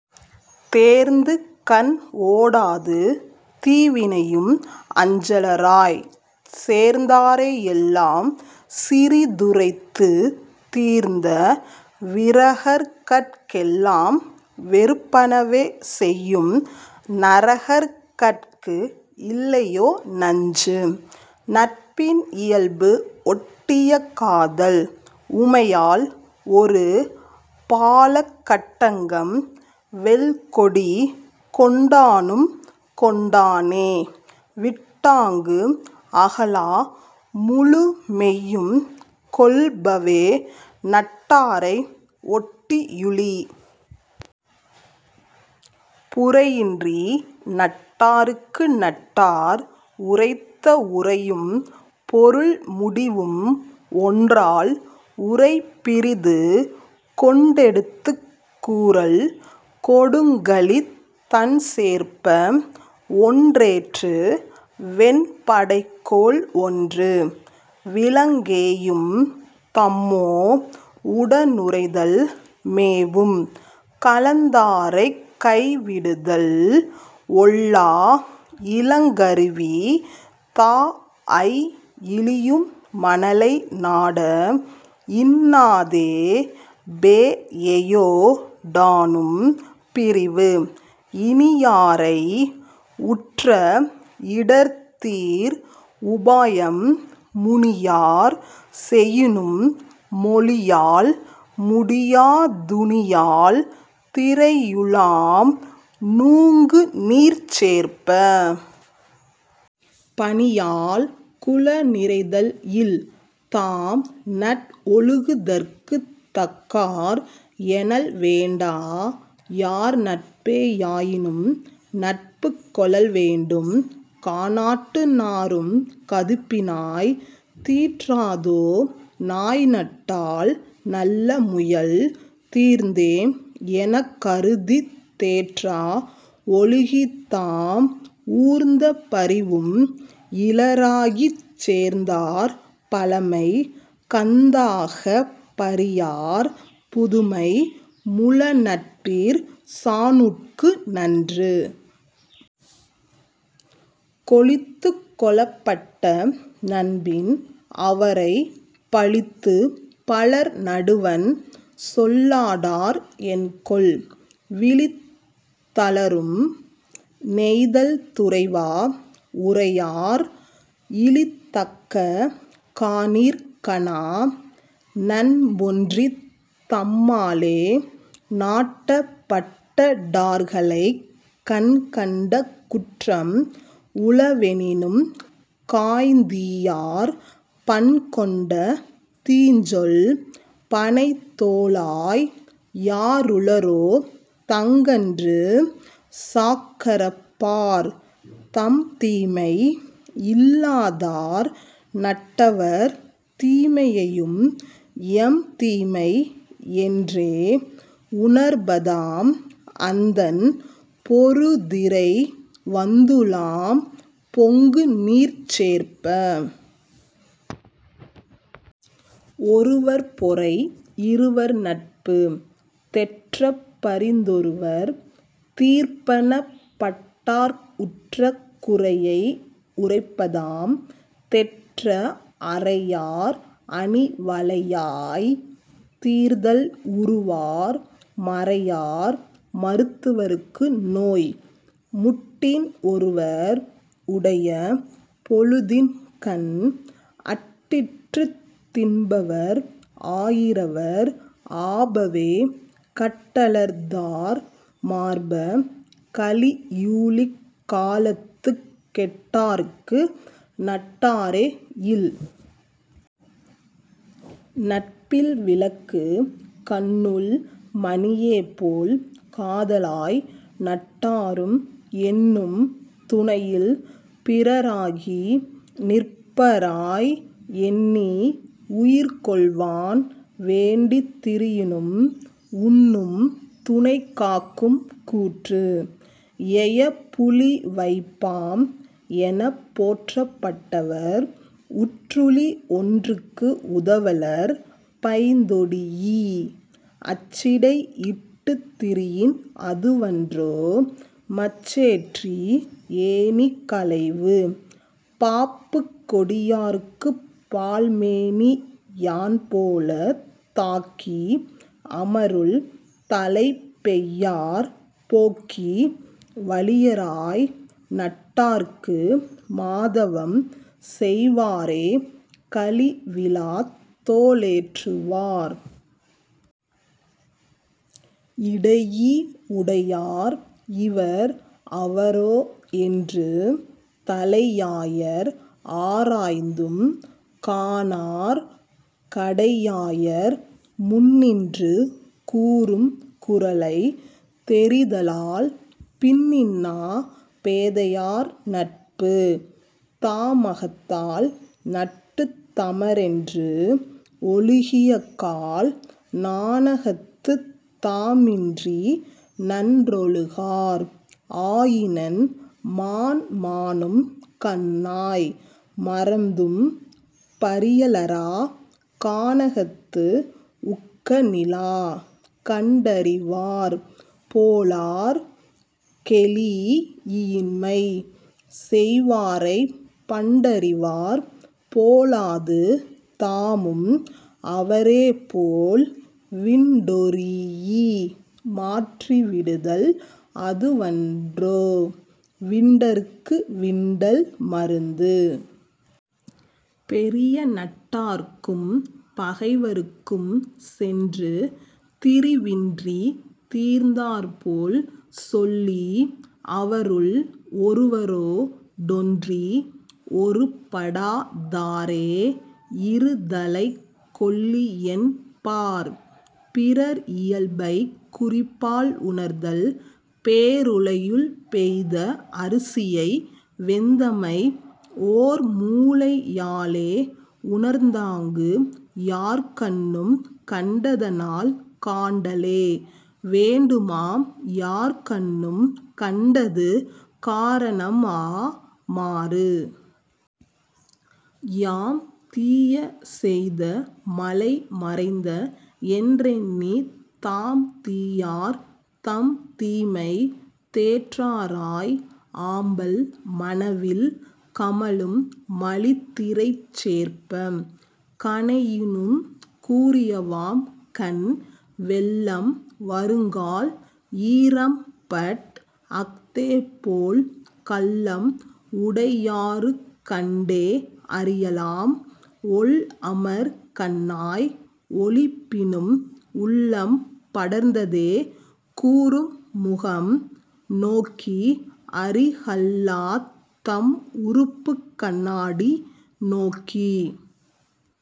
தேர்ந்துகண் ஓடாது தீவினையும் அஞ்சலராய்ச்। சேர்ந்தாரை யெல்லாம் சிறிதுரைத்துத் தீர்ந்த விரகர்கட் கெல்லாம் வெறுப்பனவே செய்யும் 'நரகர்கட்கு இல்லையோ நஞ்சு? '. நட்பின் இயல்பு ஒட்டிய காதல் 'உமையாள் ஒரு பாலக் கட்டங்கம் வெல்கொடி கொண்டானும் கொண்டானே' விட்டாங்கு அகலா முழுமெய்யும் கொள்பவே நட்டாரை ஒட்டி யுழி. புரையின்றி நட்டார்க்கு நட்டார் உரைத்த உரையும் பொருள்முடிவும் ஒன்றால் உரைபிறிது கொண்டெடுத்துக் கூறல் கொடுங்கழித் தண்சேர்ப்ப! 'ஒன்றேற்று வெண்படைக்கோள் ஒன்று'. விலங்கேயும் தம்மோ உடனுறைதல் மேவும் கலந்தாரைக் கைவிடுதல் ஒல்லா இலங்கருவி தாஅய் இழியும் மணலைநாட! 'இன்னாதே பேஎயோ டானும் பிரிவு'. இனியாரை உற்ற இடர்தீர் உபாயம் முனியார் செயினும் மொழியால் முடியா துனியால் திரையுலாம் நூங்குநீர்ச் சேர்ப்ப! 'பனியால் குளநிறைதல் இல்'. தாம்நட் ஒழுகுதற்குத் தக்கார் எனல்வேண்டா யார்நட்பே யாயினும் நட்புக் கொளல்வேண்டும் கானாட்டு நாறும் கதுப்பினாய்! 'தீற்றாதோ நாய்நட்டால் நல்ல முயல்? ' தீர்ந்தேம் எனக்கருதித் தேற்றா ஒழுகித்தாம் ஊர்ந்த பரிவும் இலராகிச் சேர்ந்தார் பழமை கந்தாகப் பரியார் புதுமை 'முழநட்பிற் சாணுட்கு நன்று'. கொழித்துக் கொளப்பட்ட நண்பின் அவரைப் பழித்துப் பலர்நடுவண் சொல்லாடார் என்கொல்? விழித்தலரும் நெய்தல் துறைவா! 'உரையார் இழித்தக்க காணிற் கனா'. நண்பொன்றித் தம்மாலே நாட்டப்பட்ட டார்களைக் கண்கண்ட குற்றம் உளவெனினும் காய்ந்தீயார் பண்கொண்ட தீஞ்சொல் பணைத்தோளாய்! 'யாருளரோ தங்கன்று சாக்கறப் பார்'. தம்தீமை இல்லாதார் நட்டவர் தீமையையும் எம்தீமை என்றே உணர்பதாம் அந்தண் பொருதிரை வந்துலாம் பொங்குநீர்ச் சேர்ப்ப! 'ஒருவர் பொறைஇருவர் நட்பு'. தெற்றப் பரிந்தொருவர் தீர்ப்பனப் பட்டார்க் உற்ற குறையை உரைப்பதாம் தெற்ற அறையார் அணிவளையாய்! தீர்தல் உறுவார் 'மறையார் மருத்துவர்க்கு நோய்'. முட்டின் ஒருவர் உடைய பொழுதின்கண் அட்டிற்றுத் தின்பவர் ஆயிரவர் ஆபவே கட்டலர்தார் மார்ப! கலியூழிக் காலத்துக் 'கெட்டார்க்கு நட்டாரோ இல்'.. நட்பில் விலக்கு கண்ணுள் மணியேபோல் காதலாய் நட்டாரும் எண்ணும் துணையில் பிறராகி நிற்பராய் எண்ணிஉயிர் கொள்வான் வேண்டித் திரியினும் 'உண்ணும் துணைக்காக்கும் கூற்று'. எயப்புழி வைப்பாம் எனப்போற்றப் பட்டவர் உற்றுழி ஒன்றுக்கு உதவலர் பைந்தொடீஇ! அச்சிடை இட்டுத் திரியின் அதுவன்றோ 'மச்சேற்றி ஏணி களைவு. ' பாப்புக் கொடியாற்குப் பால்மேனி யான்போலத் தாக்கி அமருள் தலைப் பெய்யார் போக்கி வழியராய் நட்டார்க்கு மாதவம் செய்வாரே 'கழிவிழாத் தோளேற்று வார்'. இடையீ உடையார் இவர்அவரோ என்று தலையாயர் ஆராய்ந்தும் காணார் கடையாயர் முன்னின்று கூறும் குறளை தெரிதலால் 'பின்னின்னா பேதையார் நட்பு. ' தாமகத்தால் நட்டுத் தமரென்று ஒழுகியக்கால் நாணகத்துத் தாமின்றி நன்றொழுகார் ஆயினென் மான்மானும் கண்ணாய்! மறந்தும் பரியலரா 'கானகத்து உக்க நிலா'. கண்டறிவார் போலார் கெழீஇயின்மை செய்வாரைப் பண்டறிவார் போலாது தாமும் அவரேபோல் விண்டொரீஇ மாற்றி விடுதல் அதுவன்றோ 'விண்டற்கு விண்டல் மருந்து'. பெரியநட் டார்க்கும் பகைவர்க்கும் சென்று திரிவின்றித் தீர்ந்தார்போல் சொல்லி அவருள் ஒருவரோ டொன்றி ஒருப்படா தாரே 'இருதலைக் கொள்ளியென் பார்'.. பிறர் இயல்பைக் குறிப்பால் உணர்தல் பேருலையுள் பெய்த அரிசியை வெந்தமை ஓர்மூழை யாலே உணர்ந்தாங்கு யார்கண்ணும் கண்டதனால் காண்டலே வேண்டுமாம் யார்கண்ணும் 'கண்டது காரணம்ஆ மாறு. ' யாம்தீய செய்த மலைமறைந்த என்றெண்ணித் தாம்தீயார் தம்தீமை தேற்றாராய் ஆம்பல் மணவில் கமழும் மலிதிரைச் சேர்ப்ப! 'கணையினுந் கூரியவாம் கண்'. வெள்ளம் வருங்கால் ஈரம்பட் அஃதேபோல் கள்ளம் உடையாருக் கண்டே அறியலாம் ஒள்அமர் கண்ணாய்! ஒளிப்பினும் 'உள்ளம் படர்ந்ததே கூறும் முகம்'. நோக்கி அறிகல்லாத் தம்உறுப்புக் கண்ணாடி நோக்கி